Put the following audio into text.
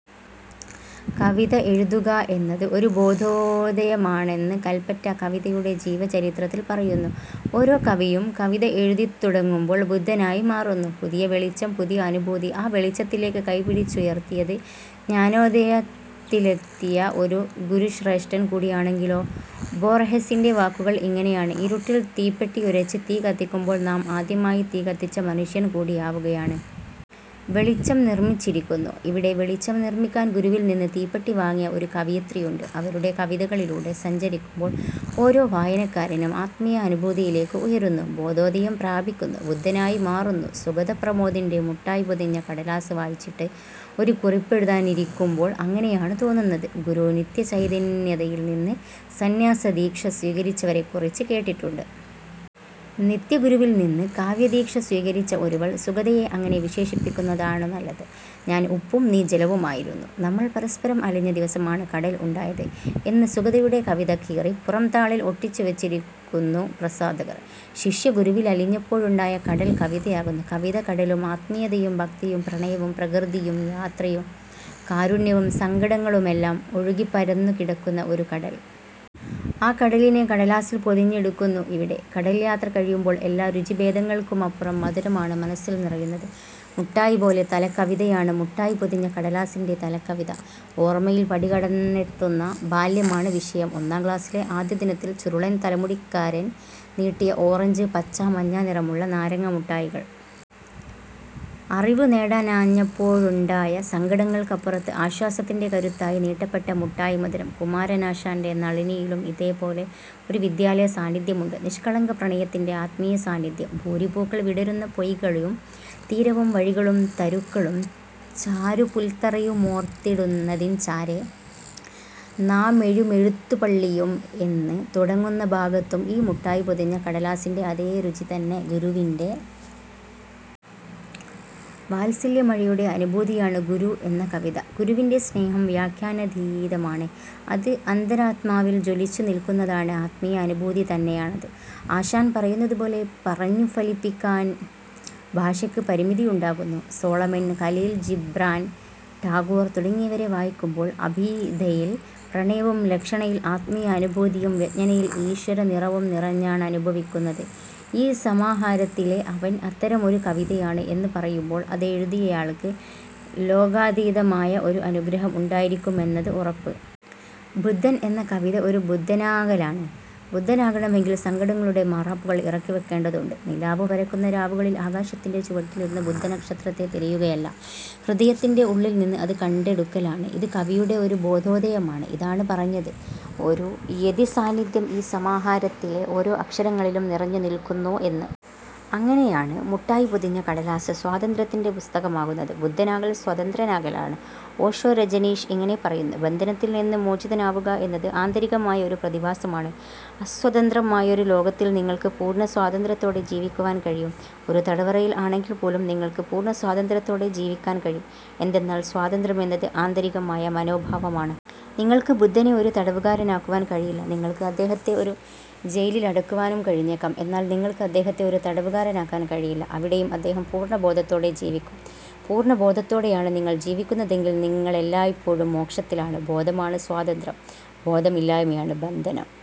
കവിത എഴുതുക എന്നത് ഒരു ബോധോദയമാണെന്ന് കൽപറ്റ കവിതയുടെ ജീവചരിത്രത്തിൽ പറയുന്നു. ഓരോ കവിയും കവിത എഴുതിത്തുടങ്ങുമ്പോൾ ബുദ്ധനായി മാറുന്നു. പുതിയ വെളിച്ചം, പുതിയ അനുഭൂതി. ആ വെളിച്ചത്തിലേക്ക് കൈപിടിച്ചുയർത്തിയത് ജ്ഞാനോദയത്തിലെത്തിയ ഒരു ഗുരുശ്രേഷ്ഠൻ കൂടിയാണെങ്കിലോ. ബോർഹെസിൻ്റെ വാക്കുകൾ ഇങ്ങനെയാണ്. ഇരുട്ടിൽ തീപ്പെട്ടിയുരച്ച് തീ കത്തിക്കുമ്പോൾ നാം ആദ്യമായി തീ കത്തിച്ച മനുഷ്യൻ കൂടിയാവുകയാണ്. വെളിച്ചം നിർമിച്ചിരിക്കുന്നു. ഇവിടെ വെളിച്ചം നിർമിക്കാൻ ഗുരുവിൽനിന്ന് തീപ്പെട്ടി വാങ്ങിയ ഒരു കവയിത്രിയുണ്ട്. അവരുടെ കവിതകളിലൂടെ സഞ്ചരിക്കുമ്പോൾ ഓരോ വായനക്കാരനും ആത്മീയ അനുഭൂതിയിലേക്ക് ഉയരുന്നു, ബോധോദയം പ്രാപിക്കുന്നു, ബുദ്ധനായി മാറുന്നു. സുഗത പ്രമോദിൻ്റെ മുട്ടായി പൊതിഞ്ഞ കടലാസ് വായിച്ചിട്ട് ഒരു കുറിപ്പെഴുതാനിരിക്കുമ്പോൾ അങ്ങനെയാണ് തോന്നുന്നത്. ഗുരു നിത്യ ചൈതന്യയതിയിൽനിന്ന് സന്യാസദീക്ഷ സ്വീകരിച്ചവരെക്കുറിച്ച് കേട്ടിട്ടുണ്ട്. നിത്യഗുരുവിൽനിന്ന് കാവ്യദീക്ഷ സ്വീകരിച്ച ഒരുവൾ, സുഗതയെ അങ്ങനെ വിശേഷിപ്പിക്കുന്നതാണു നല്ലത്. ഞാൻ ഉപ്പും നീ ജലവുമായിരുന്നു. നമ്മൾ പരസ്പരം അലിഞ്ഞ ദിവസമാണ് കടൽ ഉണ്ടായത് എന്ന് സുഗതയുടെ കവിത കീറി പുറംതാളിൽ ഒട്ടിച്ചുവച്ചിരിക്കുന്നു പ്രസാധകർ. ശിഷ്യ ഗുരുവിലലിഞ്ഞപ്പോഴുണ്ടായ കടൽ കവിതയാകുന്നു. കവിത കടലും. ആത്മീയതയും ഭക്തിയും പ്രണയവും പ്രകൃതിയും യാത്രയും കാരുണ്യവും സങ്കടങ്ങളുമെല്ലാം ഒഴുകിപ്പരന്നു കിടക്കുന്ന ഒരു കടൽ. ആ കടലിനെ കടലാസിൽ പൊതിഞ്ഞെടുക്കുന്നു ഇവിടെ. കടൽയാത്ര കഴിയുമ്പോൾ എല്ലാ രുചിഭേദങ്ങൾക്കുമപ്പുറം മധുരമാണ് മനസ്സിൽ നിറയുന്നത്, മുട്ടായി പോലെ. തലക്കവിതയാണ് മുട്ടായി പൊതിഞ്ഞ കടലാസിൻ്റെ തലക്കവിത. ഓർമ്മയിൽ പടികടന്നെത്തുന്ന ബാല്യമാണ് വിഷയം. ഒന്നാം ക്ലാസിലെ ആദ്യദിനത്തിൽ ചുരുളൻ തലമുടിക്കാരൻ നീട്ടിയ ഓറഞ്ച്, പച്ച, മഞ്ഞ നിറമുള്ള നാരങ്ങ മുട്ടായികൾ. അറിവുനേടാനാഞ്ഞപ്പോഴുണ്ടായ സങ്കടങ്ങൾക്കപ്പുറത്ത് ആശ്വാസത്തിൻ്റെ കരുത്തായി നീട്ടപ്പെട്ട മുട്ടായി മധുരം. കുമാരനാശാൻ്റെ നളിനിയിലും ഇതേപോലെ ഒരു വിദ്യാലയ സാന്നിധ്യമുണ്ട്. നിഷ്കളങ്ക പ്രണയത്തിൻ്റെ ആത്മീയ സാന്നിധ്യം. ഭൂരിപൂക്കൾ വിടരുന്ന പൊയ്കയും തീരവും വഴികളും തരുക്കളും ചാരുപുൽത്തറയുമോർത്തിടുനതിൻ ചാരെ നാമെഴുമെഴുത്തുപള്ളിയും എന്ന് തുടങ്ങുന്ന ഭാഗത്തും ഈ മുട്ടായി പൊതിഞ്ഞ കടലാസിൻ്റെ അതേ രുചിതന്നെ. ഗുരുവിൻ്റെ വാത്സല്യമഴയുടെ അനുഭൂതിയാണ് ഗുരു എന്ന കവിത. ഗുരുവിൻ്റെ സ്നേഹം വ്യാഖ്യാനാതീതമാണ്. അത് അന്തരാത്മാവിൽ ജ്വലിച്ചുനിൽക്കുന്നതാണ്. ആത്മീയാനുഭൂതി തന്നെയാണത്. ആശാൻ പറയുന്നതുപോലെ പറഞ്ഞുഫലിപ്പിക്കാൻ ഭാഷയ്ക്ക് പരിമിതിയുണ്ടാകുന്നു. സോളമൻ, ഖലീൽ ജിബ്രാൻ, ടാഗോർ തുടങ്ങിയവരെ വായിക്കുമ്പോൾ അഭിധയിൽ പ്രണയവും ലക്ഷണയിൽ ആത്മീയാനുഭൂതിയും വ്യഞ്ജനയിൽ ഈശ്വരനിറവും നിറഞ്ഞാണനുഭവിക്കുന്നത്.ഈ സമാഹാരത്തിലെ അവൻ അത്തരമൊരു കവിതയാണ് എന്നു പറയുമ്പോൾ അതെഴുതിയയാൾക്ക് ലോകാതീതമായ ഒരു അനുഗ്രഹം ഉണ്ടായിരിക്കുമെന്നത് ഉറപ്പ്. ബുദ്ധൻ എന്ന കവിത ഒരു ബുദ്ധനാകലാണ്. ബുദ്ധനാകണമെങ്കിൽ സങ്കടങ്ങളുടെ മാറാപ്പുകൾ ഇറക്കിവയ്ക്കേണ്ടതുണ്ട്. നിലാവു പരക്കുന്ന രാവുകളിൽ ആകാശത്തിൻ്റെ ചുവട്ടിലിരുന്ന് ബുദ്ധനക്ഷത്രത്തെ തിരയുകയല്ല. ഹൃദയത്തിൻ്റെ ഉള്ളിൽനിന്ന് അത് കണ്ടെടുക്കലാണ്. ഇത് കവിയുടെ ഒരു ബോധോദയമാണ്. ഇതാണ് പറഞ്ഞത്, ഒരു യതിസാന്നിധ്യം ഈ സമാഹാരത്തിലെ ഓരോ അക്ഷരങ്ങളിലും നിറഞ്ഞുനിൽക്കുന്നു എന്ന്. അങ്ങനെയാണ് മുട്ടായി പൊതിഞ്ഞ കടലാസ് സ്വാതന്ത്ര്യത്തിൻ്റെ പുസ്തകമാകുന്നത്. ബുദ്ധനാകൽ സ്വതന്ത്രനാകലാണ്. ഓഷോ രജനീഷ് ഇങ്ങനെ പറയുന്നു. ബന്ധനത്തിൽനിന്ന് മോചിതനാവുക എന്നത് ആന്തരികമായ ഒരു പ്രതിഭാസമാണ്. അസ്വതന്ത്രമായൊരു ലോകത്തിൽ നിങ്ങൾക്ക് പൂർണ സ്വാതന്ത്ര്യത്തോടെ ജീവിക്കുവാൻ കഴിയും. ഒരു തടവറയിൽ ആണെങ്കിൽപ്പോലും നിങ്ങൾക്ക് പൂർണ സ്വാതന്ത്ര്യത്തോടെ ജീവിക്കാൻ കഴിയും. എന്തെന്നാൽ സ്വാതന്ത്ര്യമെന്നത് ആന്തരികമായ മനോഭാവമാണ്. നിങ്ങൾക്ക് ബുദ്ധനെ ഒരു തടവുകാരനാക്കുവാൻ കഴിയില്ല. നിങ്ങൾക്ക് അദ്ദേഹത്തെ ഒരു ജയിലിലടയ്ക്കുവാൻ കഴിഞ്ഞേക്കാം. എന്നാൽ നിങ്ങൾക്ക് അദ്ദേഹത്തെ ഒരു തടവുകാരനാക്കാൻ കഴിയില്ല. അവിടെയും അദ്ദേഹം പൂർണബോധത്തോടെ ജീവിക്കും. പൂർണബോധത്തോടെയാണ് നിങ്ങൾ ജീവിക്കുന്നതെങ്കിൽ, നിങ്ങളെല്ലായ്പ്പോഴും മോക്ഷത്തിലാണ്. ബോധമാണ് സ്വാതന്ത്ര്യം. ബോധമില്ലായ്മയാണ് ബന്ധനം.